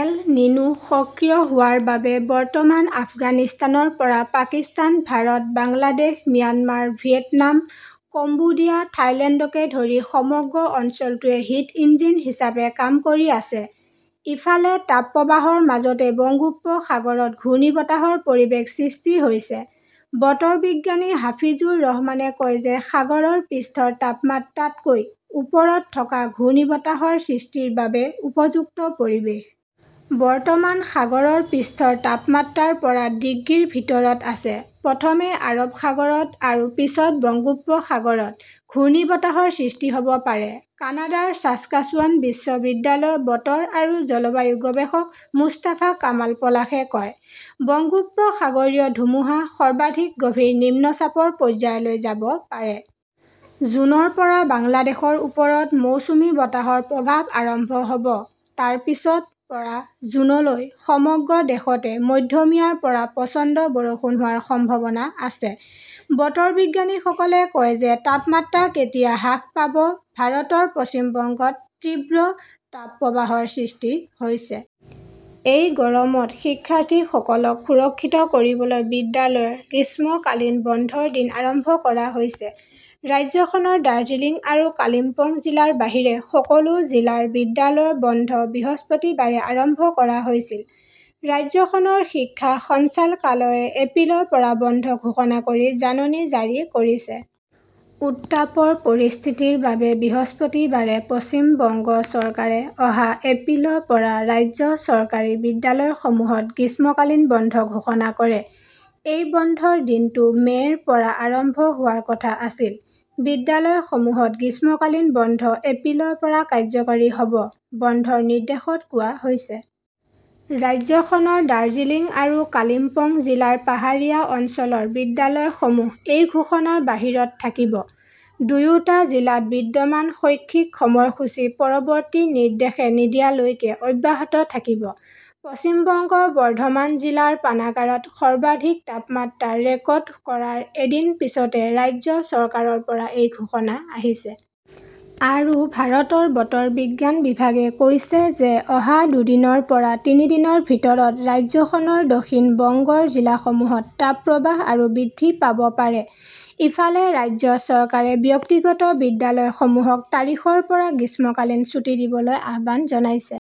L Nino সক্ৰিয় হোৱাৰ বাবে বৰ্তমান আফগানিস্তানৰ পৰা Pakistan, Bharat, Bangladesh, Myanmar, Vietnam, Cambodia, থাইলেণ্ডকে ধৰি সমগ্ৰ অঞ্চলটোৱে 'হিট ইঞ্জিন "হিচাপে কাম কৰি আছে। ইফালে, তাপপ্ৰবাহৰ মাজতে বংগোপসাগৰত ঘূৰ্ণীবতাহৰ পৰিৱেশ সৃষ্টি হৈছে। বতৰ বিজ্ঞানী হাফিজুৰ ৰহমানে কয় যে সাগৰৰ পৃষ্ঠৰ তাপমাত্ৰা তকৈ ওপৰত থকা ঘূৰ্ণীবতাহৰ সৃষ্টিৰ বাবে উপযুক্ত পৰিৱেশ। বৰ্তমান সাগৰৰ পৃষ্ঠৰ তাপমাত্ৰা ৰ পৰা ডিগ্ৰীৰ ভিতৰত আছে। প্ৰথমে আৰৱ সাগৰত আৰু পিছত বংগোপসাগৰত ঘূৰ্ণীবতাহৰ সৃষ্টি হ "ব পাৰে", কানাডাৰ ছাছকাচুৱান বিশ্ববিদ্যালয়ৰ বতৰ আৰু জলবায়ু গৱেষক মুস্তাফা কামাল পলাশে কয়। বংগোপসাগৰীয় ধুমুহা সৰ্বাধিক গভীৰ নিম্নচাপৰ পৰ্যায়লৈ যাব পাৰে। জুনৰ পৰা বাংলাদেশৰ ওপৰত মৌচুমী বতাহৰ প্ৰৱাহ আৰম্ভ হ 'ব। তাৰ পিছত ৰ পৰা জুনলৈকে সমগ্ৰ দেশতে মধ্যমীয়াৰ পৰা প্ৰচণ্ড বৰষুণ হোৱাৰ সম্ভাৱনা আছে। বতৰ বিজ্ঞানীসকলে কয় যে তাপমাত্ৰা কেতিয়া হ্ৰাস পাব ভাৰতৰ পশ্চিম বংগত তীব্ৰ তাপপ্ৰবাহৰ সৃষ্টি হৈছে। এই গৰমত শিক্ষাৰ্থীসকলক সুৰক্ষিত কৰিবলৈ বিদ্যালয়ৰ গ্ৰীষ্মকালীন বন্ধৰ দিন আৰম্ভ কৰা হৈছে। ৰাজ্যখনৰ দাৰ্জিলিং আৰু কালিম্পং জিলাৰ বাহিৰে সকলো জিলাৰ বিদ্যালয়ৰ বন্ধ বৃহস্পতিবাৰে আৰম্ভ কৰা হৈছিল। ৰাজ্যখনৰ শিক্ষা সঞ্চালকালয়ই এপ্ৰিলৰ পৰা বন্ধ ঘোষণা কৰি জাননী জাৰি কৰিছে। উত্তাপৰ পৰিস্থিতিৰ বাবে বৃহস্পতিবাৰে পশ্চিম বংগ চৰকাৰে অহা এপ্ৰিলৰ পৰা ৰাজ্য চৰকাৰী বিদ্যালয়সমূহত গ্ৰীষ্মকালীন বন্ধ ঘোষণা কৰে। এই বন্ধৰ দিনটো মে 'ৰ পৰা আৰম্ভ হোৱাৰ কথা আছিল। "বিদ্যালয়সমূহত গ্ৰীষ্মকালীন বন্ধ এপ্ৰিলৰ পৰা কাৰ্যকৰী হ" ব ", বন্ধৰ নিৰ্দেশত কোৱা হৈছে। ৰাজ্যখনৰ দাৰ্জিলিং আৰু কালিম্পং জিলাৰ পাহাৰীয়া অঞ্চলৰ বিদ্যালয়সমূহ এই ঘোষণাৰ বাহিৰত থাকিব। দুয়োটা জিলাত বিদ্যমান শৈক্ষিক সময়সূচী পৰৱৰ্তী নিৰ্দেশ নিদিয়ালৈকে অব্যাহত থাকিব। "পশ্চিম বংগৰ বৰ্ধমান জিলাৰ পানাগাৰত সৰ্বাধিক তাপমাত্ৰা ৰেকৰ্ড কৰাৰ এদিন পিছতে ৰাজ্য চৰকাৰৰ পৰা এই ঘোষণা আহিছে। আৰু ভাৰতৰ বতৰ বিজ্ঞান বিভাগে কৈছে যে অহা দুদিনৰ পৰা তিনি দিনৰ ভিতৰত ৰাজ্যখনৰ দক্ষিণ বংগৰ জিলাসমূহত তাপপ্ৰবাহ আৰু বৃদ্ধি পাব পাৰে। ইফালে, ৰাজ্য চৰকাৰে ব্যক্তিগত বিদ্যালয়সমূহক তাৰিখৰ পৰা গ্ৰীষ্মকালীন ছুটী দিবলৈ আহ্বান জনাইছে।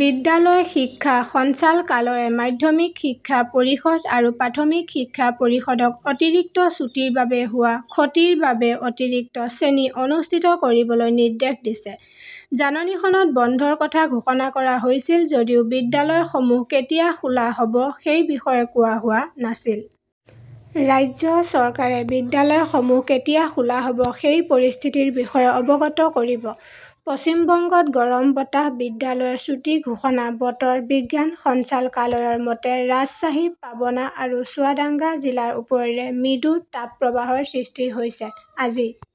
বিদ্যালয় শিক্ষা সঞ্চালকালয়ই মাধ্যমিক শিক্ষা পৰিষদ আৰু প্ৰাথমিক শিক্ষা পৰিষদক অতিৰিক্ত ছুটীৰ বাবে হোৱা ক্ষতিৰ বাবে অতিৰিক্ত শ্ৰেণী অনুষ্ঠিত কৰিবলৈ নিৰ্দেশ দিছে। জাননীখনত বন্ধৰ কথা ঘোষণা কৰা হৈছিল যদিও বিদ্যালয়সমূহ কেতিয়া খোলা হ "ব সেই বিষয়ে কোৱা হোৱা নাছিল। ৰাজ্য চৰকাৰে বিদ্যালয়সমূহ কেতিয়া খোলা হ "ব সেই পৰিস্থিতিৰ বিষয়ে অৱগত কৰিব। পশ্চিম বংগত গৰম বতাহ, বিদ্যালয়ৰ ছুটী ঘোষণা বতৰ বিজ্ঞান সঞ্চালকালয়ৰ মতে, ৰাজশ্বাহী, পাবনা আৰু চুৱাদাঙ্গা জিলাৰ ওপৰেৰে মৃদু তাপপ্ৰবাহৰ সৃষ্টি হৈছে। আজি